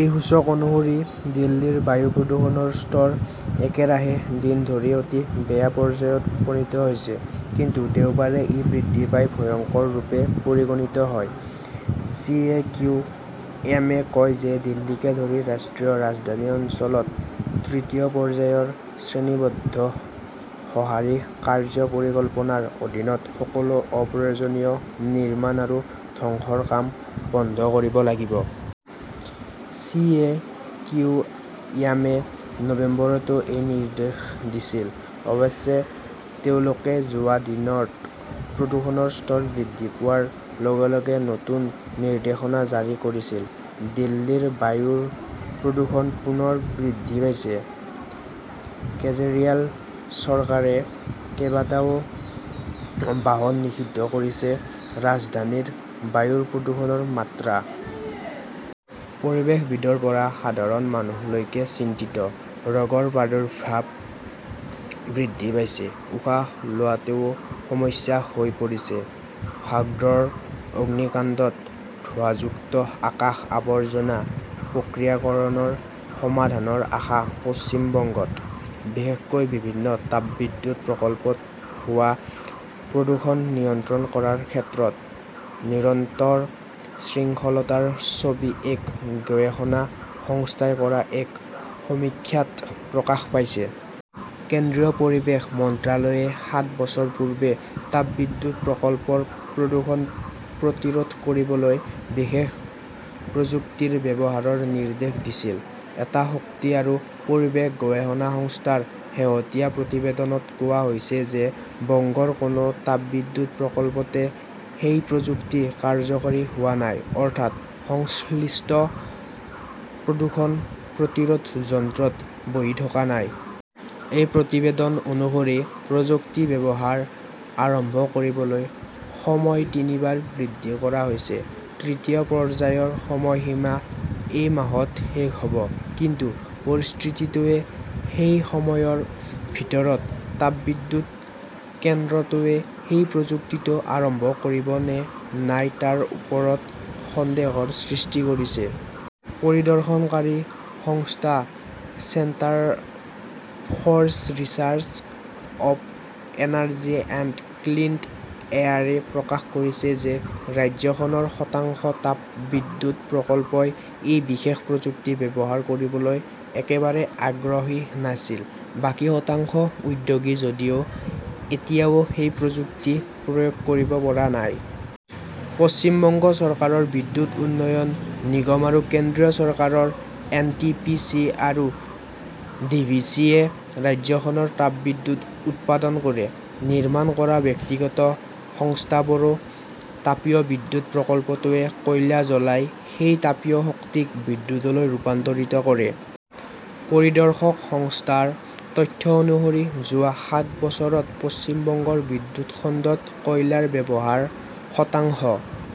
এই সূচক অনুসৰি দিল্লীৰ বায়ু প্ৰদূষণৰ স্তৰ একেৰাহে দিন ধৰি 'অতি বেয়া "পৰ্যায়ত উপনীত হৈছে। কিন্তু দেওবাৰে ই বৃদ্ধি পাই 'ভয়ংকৰ "ৰূপে পৰিগণিত হয়। চি. এ. কিউ. এম. -এ কয় যে দিল্লীকে ধৰি ৰাষ্ট্ৰীয় ৰাজধানী অঞ্চলত তৃতীয় পৰ্যায়ৰ শ্ৰেণীবদ্ধ সঁহাৰি কাৰ্য্য পৰিকল্পনা ৰ অধীনত সকলো অপ্ৰয়োজনীয় নিৰ্মাণ আৰু ধ্বংসৰ কাম বন্ধ কৰিব লাগিব। চি. এ. কিউ. এম. -এ নৱেম্বৰতো এই নিৰ্দেশ দিছিল। অৱশ্যে, তেওঁলোকে যোৱা দিনত প্ৰদূষণৰ স্তৰ বৃদ্ধি পোৱাৰ লগে লগে নতুন নিৰ্দেশনা জাৰি কৰিছিল। দিল্লীৰ বায়ুৰ প্ৰদূষণ পুনৰ বৃদ্ধি পাইছে, কেজৰিৱাল চৰকাৰে কেইবাটাও বাহন নিষিদ্ধ কৰিছে ৰাজধানীৰ বায়ুৰ প্ৰদূষণৰ মাত্ৰা। পৰিৱেশবিদৰ পৰা সাধাৰণ মানুহলৈকে চিন্তিত। ৰোগৰ প্ৰাদুৰ্ভাৱ বৃদ্ধি পাইছে, উশাহ লোৱাটোও সমস্যা হৈ পৰিছে। ভাগড়ৰ অগ্নিকাণ্ডত ধোঁৱাযুক্ত আকাশ, আৱৰ্জনা প্ৰক্ৰিয়াকৰণৰ সমাধানৰ আশা পশ্চিম বংগত, বিশেষকৈ বিভিন্ন তাপবিদ্যুৎ প্ৰকল্পত হোৱা প্ৰদূষণ নিয়ন্ত্ৰণ কৰাৰ ক্ষেত্ৰত নিৰন্তৰ বিশৃংখলতাৰ ছবি এক গৱেষণা সংস্থাই কৰা এক সমীক্ষাত প্ৰকাশ পাইছে। কেন্দ্ৰীয় পৰিৱেশ মন্ত্ৰালয়ে সাত বছৰ পূৰ্বে তাপবিদ্যুৎ প্ৰকল্পৰ প্ৰদূষণ প্ৰতিৰোধ কৰিবলৈ বিশেষ প্ৰযুক্তিৰ ব্যৱহাৰৰ নিৰ্দেশ দিছিল। এটা শক্তি আৰু পৰিৱেশ গৱেষণা সংস্থাৰ শেহতীয়া প্ৰতিবেদনত কোৱা হৈছে যে বংগৰ কোনো তাপবিদ্যুৎ প্ৰকল্পতে সেই প্ৰযুক্তি কাৰ্যকৰী হোৱা নাই, অৰ্থাৎ সংশ্লিষ্ট প্ৰদূষণ প্ৰতিৰোধ যন্ত্ৰত বহি থকা নাই। সেই প্ৰতিবেদন অনুসৰি, প্ৰযুক্তি ব্যৱহাৰ আৰম্ভ কৰিবলৈ সময় তিনিবাৰ বৃদ্ধি কৰা হৈছে। তৃতীয় পৰ্যায়ৰ সময়সীমা এই মাহত শেষ হ "ব। কিন্তু পৰিস্থিতিটোৱে সেই সময়ৰ ভিতৰত তাপবিদ্যুৎ কেন্দ্ৰটোৱে সেই প্ৰযুক্তিটো আৰম্ভ কৰিব নে নাই তাৰ ওপৰত সন্দেহৰ সৃষ্টি কৰিছে। পৰিদৰ্শনকাৰী সংস্থা centre for research on energy and clean এয়াৰে প্ৰকাশ কৰিছে যে ৰাজ্যখনৰ শতাংশ তাপবিদ্যুৎ প্ৰকল্পই সেই বিশেষ প্ৰযুক্তি ব্যৱহাৰ কৰিবলৈ একেবাৰে আগ্ৰহী নাছিল। বাকী শতাংশ উদ্যোগী যদিও এতিয়াও সেই প্ৰযুক্তি প্ৰয়োগ কৰিব পৰা নাই। পশ্চিম বংগ চৰকাৰৰ বিদ্যুৎ উন্নয়ন নিগম আৰু কেন্দ্ৰীয় চৰকাৰৰ এন. টি. পি. চি. আৰু ডি. ভি. চি. -য়ে ৰাজ্যখনত তাপবিদ্যুৎ উৎপাদন কৰে। নিৰ্মাণ কৰা ব্যক্তিগত সংস্থাবোৰো। তাপীয় বিদ্যুৎ প্ৰকল্পটোৱে কয়লা জ্বলাই সেই তাপীয় শক্তিক বিদ্যুৎলৈ ৰূপান্তৰিত কৰে। পৰিদৰ্শক সংস্থাৰ তথ্য অনুসৰি যোৱা সাত বছৰত পশ্চিম বংগৰ বিদ্যুৎ খণ্ডত কয়লাৰ ব্যৱহাৰ শতাংশ